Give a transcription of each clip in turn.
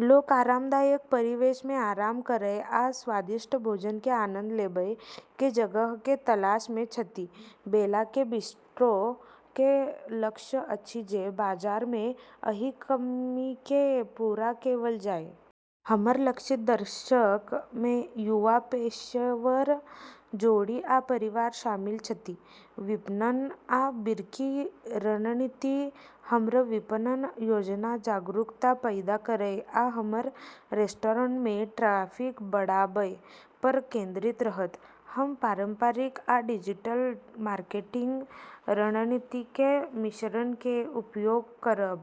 लोक आरामदायक परिवेश मे आराम करय आ स्वादिष्ट भोजन के आनंद लेबय के जगह के तलाश मे छथि। बेला के बिस्ट्रो के लक्ष्य अछि जे बाजार मे एहि कमी के पूरा कएल जाए। हमर लक्षित दर्शक मे युवा पेशेवर, जोड़ी आ परिवार शामिल छथि। विपणन आ बिक्री रणनीति: हमर विपणन योजना जागरूकता पैदा करय आ हमर रेस्टोरेंट मे ट्रैफिक बढ़ाबय पर केंद्रित रहत। हम पारंपरिक आ डिजिटल मार्केटिंग रणनीति के मिश्रण के उपयोग करब,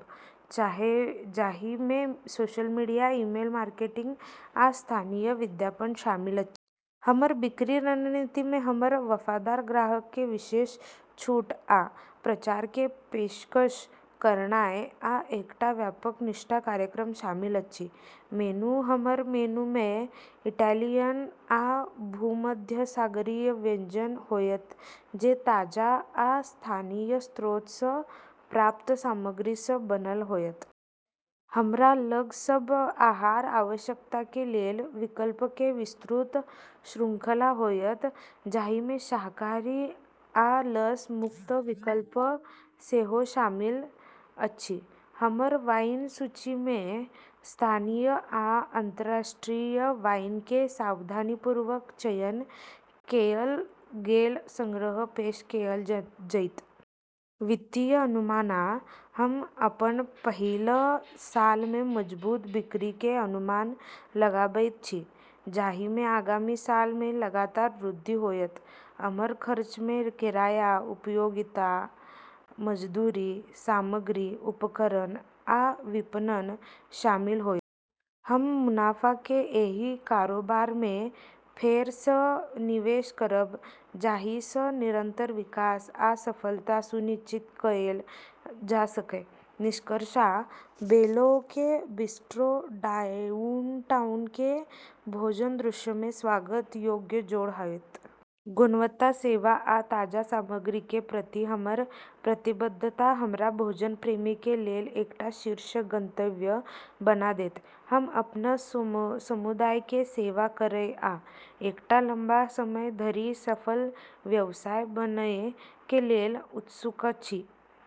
जाहि मे सोशल मीडिया, ईमेल मार्केटिंग आ स्थानीय विज्ञापन शामिल अछि। हमर बिक्री रणनीति मे हमर वफादार ग्राहक के विशेष छूट आ प्रचार के पेशकश करनाय आ एकटा व्यापक निष्ठा कार्यक्रम शामिल अछि। मेनू: हमर मेनू मे इटैलियन आ भूमध्यसागरीय व्यंजन होयत जे ताजा आ स्थानीय स्रोत सँ प्राप्त सामग्री सँ बनल होयत। हमरा लग सब आहार आवश्यकता के लेल विकल्प के विस्तृत श्रृंखला होयत, जाहि मे शाकाहारी आ लस मुक्त विकल्प सेहो शामिल अछि। हमर वाइन सूची मे स्थानीय आ अंतर्राष्ट्रीय वाइन के सावधानीपूर्वक चयन कएल गेल संग्रह पेश कएल जैत। वित्तीय अनुमान: हम अपन पहिल साल मे मजबूत बिक्री के अनुमान लगाबैत छी, जाहि मे आगामी साल मे लगातार वृद्धि होयत। हमर खर्च मे किराया, उपयोगिता, मजदूरी, सामग्री, उपकरण आ विपणन शामिल होयत। हम मुनाफा के एहि कारोबार मे फेर सँ निवेश करब जाहि सँ निरंतर विकास आ सफलता सुनिश्चित कएल जा सकय। निष्कर्ष: बेला के बिस्ट्रो डाउनटाउन के भोजन दृश्य मे स्वागत योग्य जोड़ होयत। गुणवत्ता, सेवा आ ताजा सामग्री के प्रति हमर प्रतिबद्धता हमरा भोजन प्रेमी के लेल एकटा शीर्ष गंतव्य बना देत। हम अपन समुदाय के सेवा करय आ एकटा लम्बा समय धरि सफल व्यवसाय बनय के लेल उत्सुक छी।